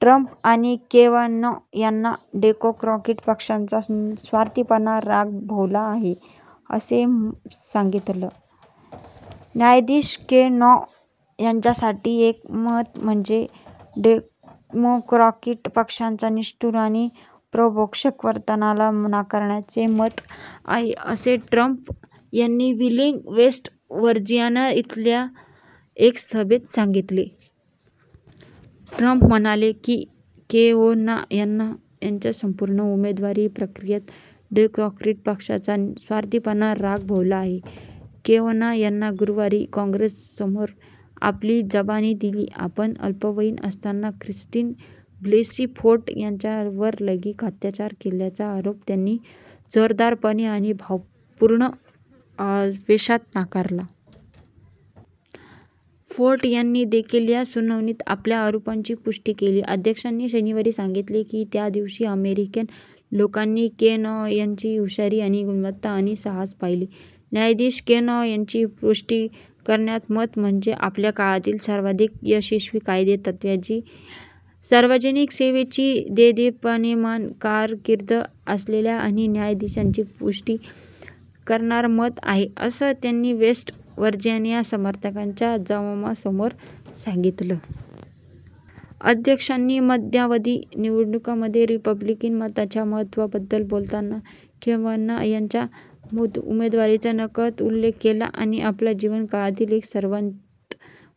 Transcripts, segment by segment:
Trump यांनी Kavanaugh यांना Democratic पक्षाचा 'स्वार्थीपणा, राग' भोवला आहे असं सांगितलं. "न्यायाधीश केवेनॉ यांच्यासाठी एक मत म्हणजे डेमोक्रॅटिक पक्षाच्या निष्ठुर आणि प्रक्षोभक वर्तनाला नाकारण्याचे मत आहे," असं ट्रम्प यांनी व्हीलिंग, वेस्ट वर्जिनिया इथल्या एका सभेत सांगितलं. ट्रम्प म्हणाले की केवेनॉ यांना त्यांच्या संपूर्ण उमेदवारी प्रक्रियेमध्ये डेमोक्रॅटिक पक्षाचा "स्वार्थीपणा, राग" भोवला आहे. केवेनॉ यांनी गुरूवारी काँग्रेससमोर आपली जबानी दिली, आपण अल्पवयीन असताना ख्रिस्टीन ब्लेसी फोर्ड यांच्यावर लैंगिक अत्याचार केल्याचा आरोप त्यांनी जोरदारपणे आणि भावपूर्ण आवेशात नाकारला. फोर्ड यांनी देखील या सुनावणीत आपल्या आरोपाची पुष्टि केली. अध्यक्षांनी शनिवारी सांगितले की त्या दिवशी "अमेरिकन लोकांनी केवेनॉ यांची हुशारी आणि गुणवत्ता आणि साहस" पाहिलं. "न्यायाधीश केवेनॉ यांची पुष्टि करणारं मत म्हणजे आपल्या काळातील सर्वाधिक यशस्वी कायदे तज्ञाची, सार्वजनिक सेवेची देदीप्यमान कारकीर्द असलेल्या एका न्यायाधीशाची पुष्टि करणारं मत आहे," असं त्यांनी वेस्ट वर्जिनिया समर्थकांच्या जमावासमोर सांगितलं. अध्यक्षांनी मध्यावधी निवडणुकांमध्ये रिपब्लिकन मतांच्या महत्वाबद्दल बोलताना केवेनॉ यांच्या उमेदवारीचा नकळत उल्लेख केला. आपल्या जीवनकाळातील एका सर्वात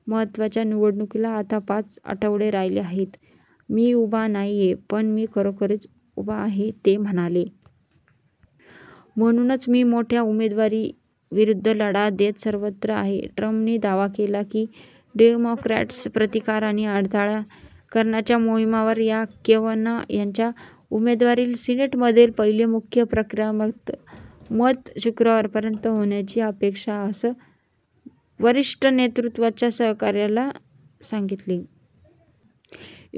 महत्वाच्या निवडणुकीला आता पाच आठवडे राहिले आहेत. मी उभा नाहीये, पण मी खरोखरच उभा आहे," ते म्हणाले. "म्हणूनच मी मोठ्या उमेदवारांविरुद्ध लढा देत सर्वत्र आहे. " ट्रम्पनी दावा केली की डेमोक्रॅट्स "प्रतिकार आणि अडथळा" करण्याच्या मोहिमेवर आहेत. केवेनॉ यांच्या उमेदवारीवर सिनेटमध्ये पहिले मुख्य प्रक्रियात्मक मत शुक्रवारपर्यंत होण्याची अपेक्षा आहे, असं एका वरिष्ठ नेतृत्वाच्या सहकाऱ्याने ला सांगितले.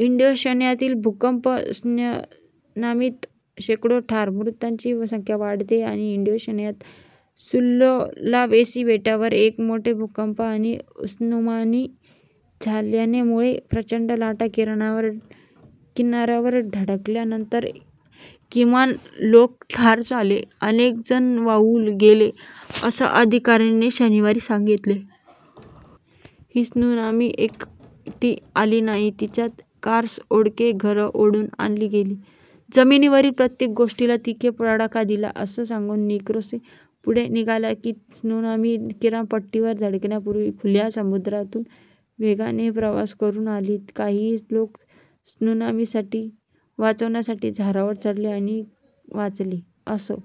इंडोनेशियातील भूकंप, त्सुनामीत शेकडो ठार, मृतांची संख्या वाढते आहे इंडोनेशियाच्या सुलावेसी बेटावर एक मोठा भूकंप आणि त्सुनामी झाल्यामुळे प्रचंड लाटा किनाऱ्यांवर धडकल्यानंतर, किमान लोक ठार झाले, अनेकजण वाहून गेले असं अधिकाऱ्यांनी शनिवारी सांगितले. "ही त्सुनामी एकटी आली नाही, तिच्यामध्ये कार्स, ओंडके, घरे, ओढून आणली गेली, जमिनीवरील प्रत्येक गोष्टीला तिने तडाखा दिला," असं सांगून नुग्रोहो पुढे म्हणाले, की ही त्सुनामी किनारपट्टीवर धडकण्यापूर्वी खुल्या समुद्रातून वेगाने प्रवास करुन आली. काही लोक त्सुनामीपासून वाचण्यासाठी झाडांवर चढले आणि वाचले, असं